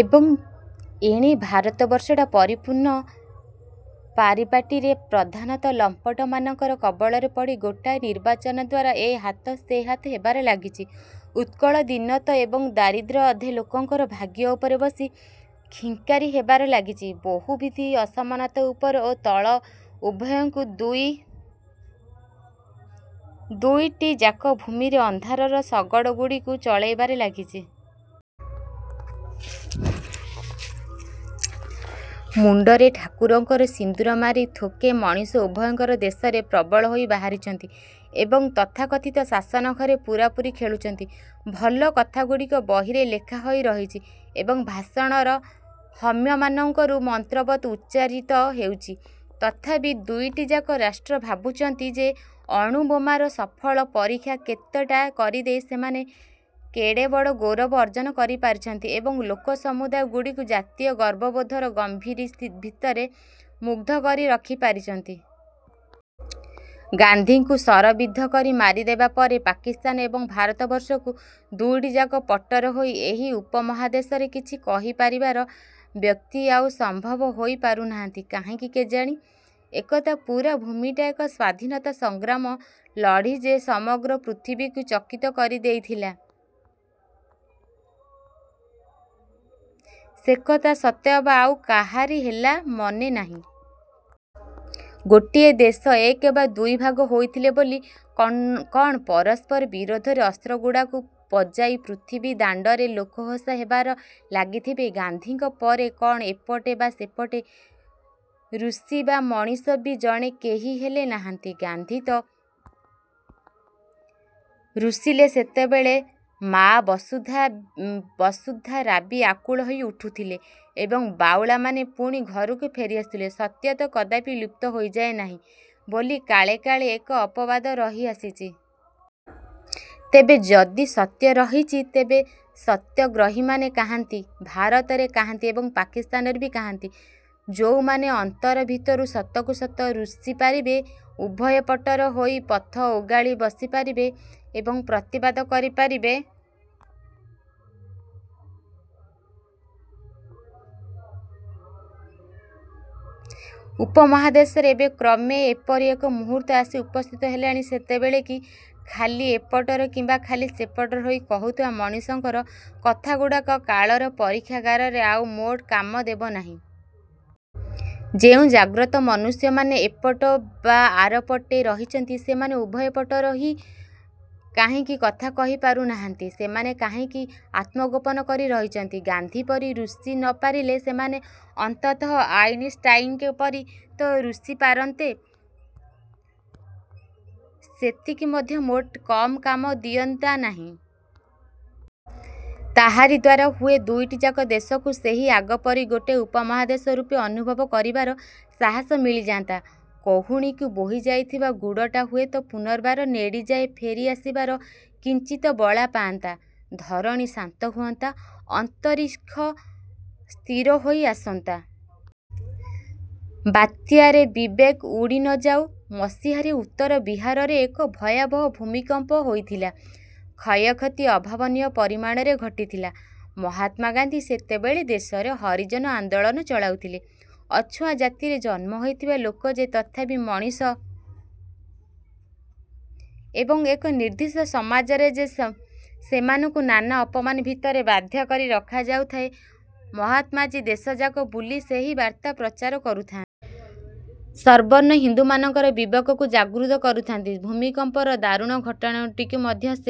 ଏବଂ ଏଣେ ଭାରତବର୍ଷଟା ପରିପୂର୍ଣ୍ଣ ପରିପାଟୀରେ ପ୍ରଧାନତଃ ଲମ୍ପଟ ମାନଙ୍କର କବଳରେ ପଡ଼ି ଗୋଟାଏ ନିର୍ବାଚନ ଦ୍ଵାରା ଏ ହାତ ସେ ହାତ ହେବାରେ ଲାଗିଛି। ଉତ୍କଳ ଦୀନତ ଏବଂ ଦାରିଦ୍ର୍ୟ ଅଧେ ଲୋକଙ୍କର ଭାଗ୍ୟ ଉପରେ ବସି ଖିଙ୍କାରି ହେବାରେ ଲାଗିଛି। ବହୁବିଧ ଅସମାନତା ଉପର ଓ ତଳ ଉଭୟଙ୍କୁ ଦୁଇ ଦୁଇଟିଯାକ ଭୂମିରେ ଅନ୍ଧାରର ଶଗଡ଼ଗୁଡ଼ିକୁ ଚଲାଇବାରେ ଲାଗିଛି। ମୁଣ୍ଡରେ ଠାକୁରଙ୍କର ସିନ୍ଦୁର ମାରି ଥୋକେ ମଣିଷ ଉଭୟ ଦେଶରେ ପ୍ରବଳ ହୋଇ ବାହାରିଛନ୍ତି ଏବଂ ତଥାକଥିତ ଶାସନଘରେ ପୂରାପୂରି ଖେଳୁଛନ୍ତି। ଭଲ କଥାଗୁଡ଼ିକ ବହିରେ ଲେଖାହୋଇ ରହିଛି ଏବଂ ଭାଷଣର ହର୍ମ୍ୟମାନଙ୍କରୁ ମନ୍ତ୍ରବତ୍ ଉଚ୍ଚାରିତ ହେଉଛି। ତଥାପି ଦୁଇଟାଯାକ ରାଷ୍ଟ୍ର ଭାବୁଛନ୍ତି ଯେ ଅଣୁ ବୋମାର ସଫଳ ପରୀକ୍ଷା କେତେଟା କରିଦେଇ ସେମାନେ କେଡ଼େ ବଡ଼ ଗୌରବ ଅର୍ଜନ କରିପାରିଛନ୍ତି ଏବଂ ଲୋକସମୁଦାୟ ଗୁଡ଼ିକୁ ଜାତୀୟ ଗର୍ବବୋଧର ଗମ୍ଭୀରି ଭିତରେ ମୁଗ୍ଧ କରି ରଖିପାରିଛନ୍ତି। ଗାନ୍ଧୀଙ୍କୁ ଶରବିଦ୍ଧ କରି ମାରିଦେବା ପରେ ପାକିସ୍ତାନ ଏବଂ ଭାରତବର୍ଷକୁ ଦୁଇଟିଯାକ ପଟର ହୋଇ ଏହି ଉପମହାଦେଶରେ କିଛି କହିପାରିବାର ବ୍ୟକ୍ତି ଆଉ ସମ୍ଭବ ହୋଇ ପାରୁନାହାନ୍ତି କାହିଁକି କେଜାଣି? ଏକଦା ପୂରା ଭୂମିଟା ଏକ ସ୍ୱାଧୀନତା ସଂଗ୍ରାମ ଲଢ଼ି ଯେ ସମଗ୍ର ପୃଥିବୀକୁ ଚକିତ କରିଦେଇଥିଲା, ସେକଥା ସତେଅବା ଆଉ କାହାରି ହେଲା ମନେନାହିଁ। ଗୋଟିଏ ଦେଶ ଏକ ବା ଦୁଇ ଭାଗ ହୋଇଥିଲେ ବୋଲି କନ କଣ ପରସ୍ପର ବିରୋଧରେ ଅସ୍ତ୍ରଗୁଡ଼ାକୁ ପଜାଇ ପୃଥିବୀଦାଣ୍ଡରେ ଲୋକହସା ହେବାର ଲାଗିଥିବେ? ଗାନ୍ଧୀଙ୍କ ପରେ କଣ ଏପଟେ ବା ସେପଟେ ରୁଷିବା ମଣିଷ ବି ଜଣେ କେହିହେଲେ ନାହାନ୍ତି? ଗାନ୍ଧୀ ତ ରୁଷିଲେ ସେତେବେଳେ ମାଆ ବସୁଧା ଵସୁଧାରାବି ଆକୁଳ ହୋଇ ଉଠୁଥିଲେ ଏବଂ ବାଉଳାମାନେ ପୁଣି ଘରକୁ ଫେରି ଆସୁଥିଲେ, ସତ୍ୟ ତ କଦାପି ଲୁପ୍ତ ହୋଇଯାଏ ନାହିଁ ବୋଲି କାଳେ କାଳେ ଏକ ଅପବାଦ ରହିଆସିଛି। ତେବେ ଯଦି ସତ୍ୟ ରହିଛି, ତେବେ ସତ୍ୟାଗ୍ରହୀମାନେ କାହାନ୍ତି? ଭାରତରେ କାହାନ୍ତି ଏବଂ ପାକିସ୍ତାନରେ ବି କାହାନ୍ତି? ଯୋଉମାନେ ଅନ୍ତର ଭିତରୁ ସତକୁ ସତ ରୁଷିପାରିବେ, ଉଭୟ ପଟର ହୋଇ ପଥ ଓଗାଳି ବସିପାରିବେ ଏବଂ ପ୍ରତିବାଦ କରିପାରିବେ? ଉପମହାଦେଶରେ ଏବେ କ୍ରମେ ଏପରି ଏକ ମୁହୂର୍ତ୍ତ ଆସି ଉପସ୍ଥିତ ହେଲାଣି, ସେତେବେଳେ କି ଖାଲି ଏପଟର କିମ୍ବା ଖାଲି ସେପଟର ହୋଇ କହୁଥିବା ମଣିଷଙ୍କର କଥାଗୁଡ଼ାକ କାଳର ପରୀକ୍ଷାଗାରରେ ଆଉ ମୋଟେ କାମ ଦେବନାହିଁ। ଯେଉଁ ଜାଗ୍ରତ ମନୁଷ୍ୟମାନେ ଏପଟ ବା ଆରପଟେ ରହିଛନ୍ତି, ସେମାନେ ଉଭୟ ପଟର ହୋଇ କାହିଁକି କଥା କହିପାରୁ ନାହାନ୍ତି? ସେମାନେ କାହିଁକି ଆତ୍ମଗୋପନ କରି ରହିଛନ୍ତି? ଗାନ୍ଧୀପରି ରୁଷି ନପାରିଲେ ସେମାନେ ଅନ୍ତତଃ ଆଇନଷ୍ଟାଇଙ୍କ ପରି ତ ରୁଷି ପାରନ୍ତେ। ସେତିକି ମଧ୍ୟ ମୋଟେ କମ୍ କାମ ଦିଅନ୍ତା ନାହିଁ। ତାହାରି ଦ୍ୱାରା ହୁଏ ଦୁଇଟିଯାକ ଦେଶକୁ ସେହି ଆଗପରି ଗୋଟିଏ ଉପମହାଦେଶ ରୂପେ ଅନୁଭବ କରିବାର ସାହସ ମିଳିଯାଆନ୍ତା। କହୁଣୀକୁ ବୋହିଯାଇଥିବା ଗୁଡ଼ଟା ହୁଏତ ପୁନର୍ବାର ନେଡ଼ିଯାଏ ଫେରି ଆସିବାର କିଞ୍ଚିତ ବଳା ପାଆନ୍ତା, ଧରଣୀ ଶାନ୍ତ ହୁଅନ୍ତା। ଅନ୍ତରୀକ୍ଷ ସ୍ଥିର ହୋଇ ଆସନ୍ତା। ବାତ୍ୟାରେ ବିବେକ ଉଡ଼ିନଯାଉ ମସିହାରେ ଉତ୍ତର ବିହାରରେ ଏକ ଭୟାବହ ଭୂମିକମ୍ପ ହୋଇଥିଲା, କ୍ଷୟକ୍ଷତି ଅଭାବନୀୟ ପରିମାଣରେ ଘଟିଥିଲା। ମହାତ୍ମା ଗାନ୍ଧୀ ସେତେବେଳେ ଦେଶରେ ହରିଜନ ଆନ୍ଦୋଳନ ଚଳାଉଥିଲେ। ଅଛୁଆଁ ଜାତିରେ ଜନ୍ମ ହୋଇଥିବା ଲୋକେ ଯେ ତଥାପି ମଣିଷ ଏବଂ ଏକ ନିର୍ଦ୍ଦିଷ୍ଟ ସମାଜରେ ଯେ ସେମାନଙ୍କୁ ନାନା ଅପମାନ ଭିତରେ ବାଧ୍ୟ କରି ରଖାଯାଉଥାଏ, ମହାତ୍ମାଜୀ ଦେଶଯାକ ବୁଲି ସେହି ବାର୍ତ୍ତା ପ୍ରଚାର କରୁଥାନ୍ତି। ସବର୍ଣ୍ଣ ହିନ୍ଦୁମାନଙ୍କର ବିବେକକୁ ଜାଗୃତ କରୁଥାଆନ୍ତି। ଭୂମିକମ୍ପର ଦାରୁଣ ଘଟଣାଟିକୁ ମଧ୍ୟ ସେ